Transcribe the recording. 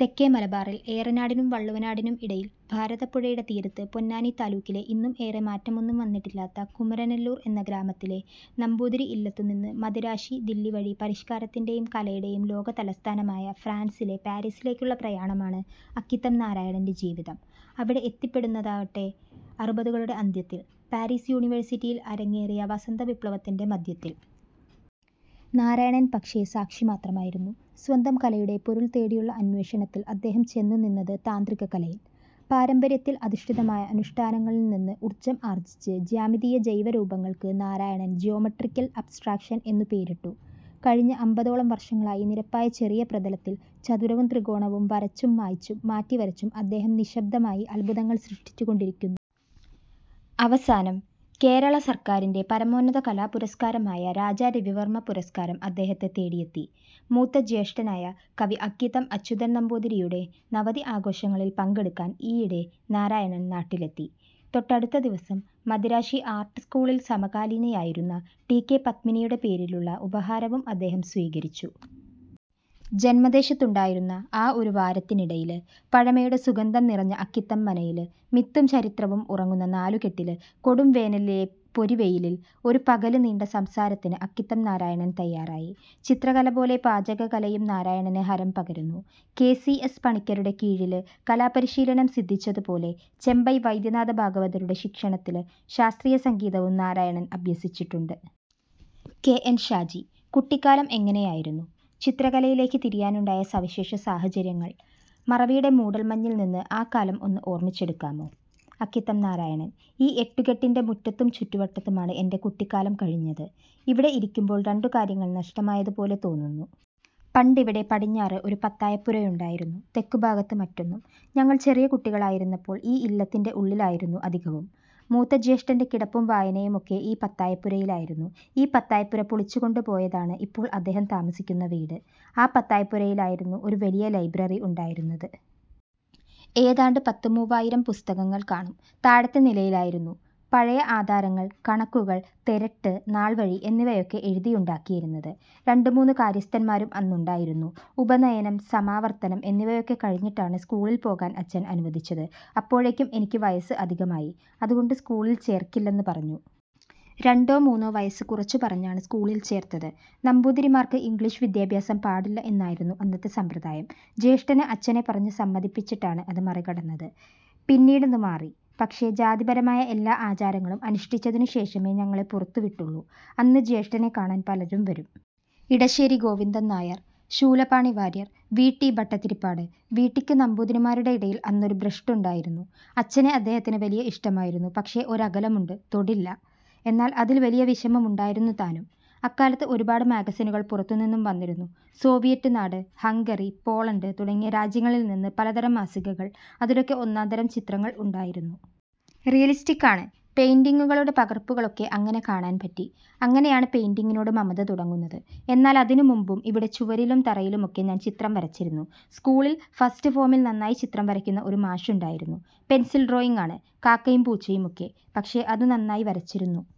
തെക്കേ മലബാറിൽ ഏറനാടിനും വള്ളുവനാടിനും ഇടയിൽ, ഭാരതപ്പുഴയുടെ തീരത്ത്, പൊന്നാനി താലൂക്കിലെ ഇന്നും ഏറെ മാറ്റമൊന്നും വന്നിട്ടില്ലാത്ത കുമരനല്ലൂർ എന്ന ഗ്രാമത്തിലെ നമ്പൂതിരി ഇല്ലത്തുനിന്ന് മദിരാശി, ദില്ലി വഴി പരിഷ്കാരത്തിന്റെയും കലയുടെയും ലോകതലസ്ഥാനമായ ഫ്രാൻസിലെ പാരീസിലേക്കുള്ള പ്രയാണമാണ് അക്കിത്തം നാരായണന്റെ ജീവിതം. അവിടെ എത്തിപ്പെടുന്നതാവട്ടെ അറുപതുകളുടെ അന്ത്യത്തിൽ, പാരീസ് യൂണിവേഴ്സിറ്റിയിൽ അരങ്ങേറിയ ' വസന്തവിപ്ലവ'ത്തിന്റെ മധ്യത്തിൽ. നാരായണൻ പക്ഷേ, സാക്ഷി മാത്രമായിരുന്നു. സ്വന്തം കലയുടെ പൊരുൾ തേടിയുള്ള അന്വേഷണത്തിൽ അദ്ദേഹം ചെന്നുനിന്നത് താന്ത്രിക കലയിൽ. പാരമ്പര്യത്തിൽ അധിഷ്ഠിതമായ അനുഷ്ഠാനങ്ങളിൽ നിന്ന് ഉർജ്ജം ആർജിച് ജ്യാമിതീയ ജൈവരൂപങ്ങൾക്ക് നാരായണൻ ' ജ്യോമട്രിക്കൽ അബ്സ്ട്രാക്ഷൻ ' എന്നു പേരിട്ടു. കഴിഞ്ഞ അമ്പതോളം വർഷങ്ങളായി നിരപ്പായ ചെറിയ പ്രതലത്തിൽ, ചതുരവും ത്രികോണവും വരച്ചും മായ്ച്ചും മാറ്റിവരച്ചും അദ്ദേഹം നിശ്ശബ്ദമായി അദ്ഭുതങ്ങൾ സൃഷ്ടിച്ചുകൊണ്ടിരിക്കുന്നു. അവസാനം, കേരള സർക്കാരിന്റെ പരമോന്നത കലാപുരസ്കാരമായ രാജാ രവിവർമ്മ പുരസ്കാരം അദ്ദേഹത്തെ തേടിയെത്തി. മൂത്ത ജ്യേഷ്ഠനായ കവി അക്കിത്തം അച്യുതൻ നമ്പൂതിരിയുടെ നവതി ആഘോഷങ്ങളിൽ പങ്കെടുക്കാൻ ഈയിടെ നാരായണൻ നാട്ടിലെത്തി. തൊട്ടടുത്ത ദിവസം മദിരാശി ആർട്ട് സ്കൂളിൽ സമകാലീനയായിരുന്ന ടി. കെ. പത്മിനിയുടെ പേരിലുള്ള ഉപഹാരവും അദ്ദേഹം സ്വീകരിച്ചു. ജന്മദേശത്തുണ്ടായിരുന്ന ആ ഒരു വാരത്തിനിടയില്, പഴമയുടെ സുഗന്ധംനിറഞ്ഞ അക്കിത്തം മനയില് മിത്തും ചരിത്രവും ഉറങ്ങുന്ന നാലുകെട്ടില്, കൊടുംവേനലിലെ പൊരിവെയിലിൽ, ഒരു പകല് നീണ്ട സംസാരത്തിന് അക്കിത്തം നാരായണൻ തയ്യാറായി. ചിത്രകലപോലെ പാചകകലയും നാരായണന് ഹരം പകരുന്നു. കെ. സി. എസ്. പണിക്കരുടെ കീഴില് കലാപരിശീലനം സിദ്ധിച്ചതുപോലെ, ചെമ്പൈ വൈദ്യനാഥ ഭാഗവതരുടെ ശിക്ഷണത്തില് ശാസ്ത്രീയ സംഗീതവും നാരായണൻ അഭ്യസിച്ചിട്ടുണ്ട്. കെ. എൻ. ഷാജി: കുട്ടിക്കാലം എങ്ങനെയായിരുന്നു? ചിത്രകലയിലേക്ക് തിരിയാനുണ്ടായ സവിശേഷ സാഹചര്യങ്ങൾ? മറവിയുടെ മൂടൽ മഞ്ഞിൽ നിന്ന് ആ കാലം ഒന്ന് ഓർമിച്ചെടുക്കാമോ. അക്കിത്തം നാരായണൻ: ഈ എട്ടുകെട്ടിന്റെ മുറ്റത്തും ചുറ്റുവട്ടത്തുമാണ് എന്റെ കുട്ടിക്കാലം കഴിഞ്ഞത്. ഇവിടെ ഇരിക്കുമ്പോൾ, രണ്ടു കാര്യങ്ങൾ നഷ്ടമായതുപോലെ തോന്നുന്നു. പണ്ടിവിടെ പടിഞ്ഞാറ് ഒരു പത്തായപ്പുരയുണ്ടായിരുന്നു. തെക്കുഭാഗത്ത് മറ്റൊന്നും. ഞങ്ങൾ ചെറിയ കുട്ടികളായിരുന്നപ്പോൾ, ഈ ഇല്ലത്തിന്റെ ഉള്ളിലായിരുന്നു അധികവും. മൂത്ത ജ്യേഷ്ഠന്റെ കിടപ്പും വായനയുമൊക്കെ ഈ പത്തായപ്പുരയിലായിരുന്നു. ഈ പത്തായപ്പുര പൊളിച്ചുകൊണ്ടുപോയതാണ് ഇപ്പോൾ അദ്ദേഹം താമസിക്കുന്ന വീട്. ആ പത്തായപ്പുരയിലായിരുന്നു ഒരു വലിയ ലൈബ്രറി ഉണ്ടായിരുന്നത്. ഏതാണ്ട് പത്തുമൂവായിരം പുസ്തകങ്ങൾ കാണും. താഴത്തെ നിലയിലായിരുന്നു, പഴയ ആധാരങ്ങൾ, കണക്കുകൾ, തെരട്ട്, നാൾവഴി എന്നിവയൊക്കെ എഴുതിയുണ്ടാക്കിയിരുന്നത്. രണ്ടുമൂന്ന് കാര്യസ്ഥന്മാരും അന്നുണ്ടായിരുന്നു. ഉപനയനം, സമാവർത്തനം എന്നിവയൊക്കെ കഴിഞ്ഞിട്ടാണ് സ്കൂളിൽ പോകാൻ അച്ഛൻ അനുവദിച്ചത്. അപ്പോഴേക്കും എനിക്ക് വയസ്സ് അധികമായി. അതുകൊണ്ട് സ്കൂളിൽ ചേർക്കില്ലെന്ന് പറഞ്ഞു. രണ്ടോ മൂന്നോ വയസ്സ് കുറച്ചുപറഞ്ഞാണ് സ്കൂളിൽ ചേർത്തത്. നമ്പൂതിരിമാർക്ക് ഇംഗ്ലീഷ് വിദ്യാഭ്യാസം പാടില്ല എന്നായിരുന്നു അന്നത്തെ സമ്പ്രദായം. ജ്യേഷ്ഠന് അച്ഛനെ പറഞ്ഞ് സമ്മതിപ്പിച്ചിട്ടാണ് അത് മറികടന്നത്. പിന്നീടതു മാറി. പക്ഷേ, ജാതിപരമായ എല്ലാ ആചാരങ്ങളും അനുഷ്ഠിച്ചതിനുശേഷമേ ഞങ്ങളെ പുറത്തുവിട്ടുള്ളൂ. അന്ന് ജ്യേഷ്ഠനെ കാണാൻ പലരും വരും. Edasseri Govindan Nair, Soolapani Warrier, V. T. Bhattathiripad. V. ടി. ക്ക് നമ്പൂതിരിമാരുടെ ഇടയിൽ അന്നൊരു ഭ്രഷ്ടുണ്ടായിരുന്നു. അച്ഛനെ അദ്ദേഹത്തിന് വലിയ ഇഷ്ടമായിരുന്നു. പക്ഷേ, ഒരകലമുണ്ട്, തൊടില്ല. എന്നാൽ അതിൽ വലിയ വിഷമമുണ്ടായിരുന്നുതാനും. അക്കാലത്ത് ഒരുപാട് മാഗസിനുകൾ പുറത്തുനിന്നും വന്നിരുന്നു. സോവിയറ്റ് നാട്, ഹംഗറി, പോളണ്ട് തുടങ്ങിയ രാജ്യങ്ങളിൽ നിന്ന് പലതരം മാസികകൾ, അതിലൊക്കെ ഒന്നാന്തരം ചിത്രങ്ങൾ ഉണ്ടായിരുന്നു. റിയലിസ്റ്റിക്കാണ്. പെയിന്റിങ്ങുകളുടെ പകർപ്പുകളൊക്കെ അങ്ങനെ കാണാൻ പറ്റി. അങ്ങനെയാണ് പെയിന്റിങ്ങിനോട് മമത തുടങ്ങുന്നത്. എന്നാലതിനുമുമ്പും ഇവിടെ ചുവരിലും തറയിലുമൊക്കെ ഞാൻ ചിത്രം വരച്ചിരുന്നു. സ്കൂളിൽ, ഫസ്റ്റ് ഫോമിൽ നന്നായി ചിത്രം വരയ്ക്കുന്ന ഒരു മാഷുണ്ടായിരുന്നു. പെൻസിൽ ഡ്രോയിങ്ങാണ്, കാക്കയും പൂച്ചയുമൊക്കെ. പക്ഷേ, അതു നന്നായി വരച്ചിരുന്നു.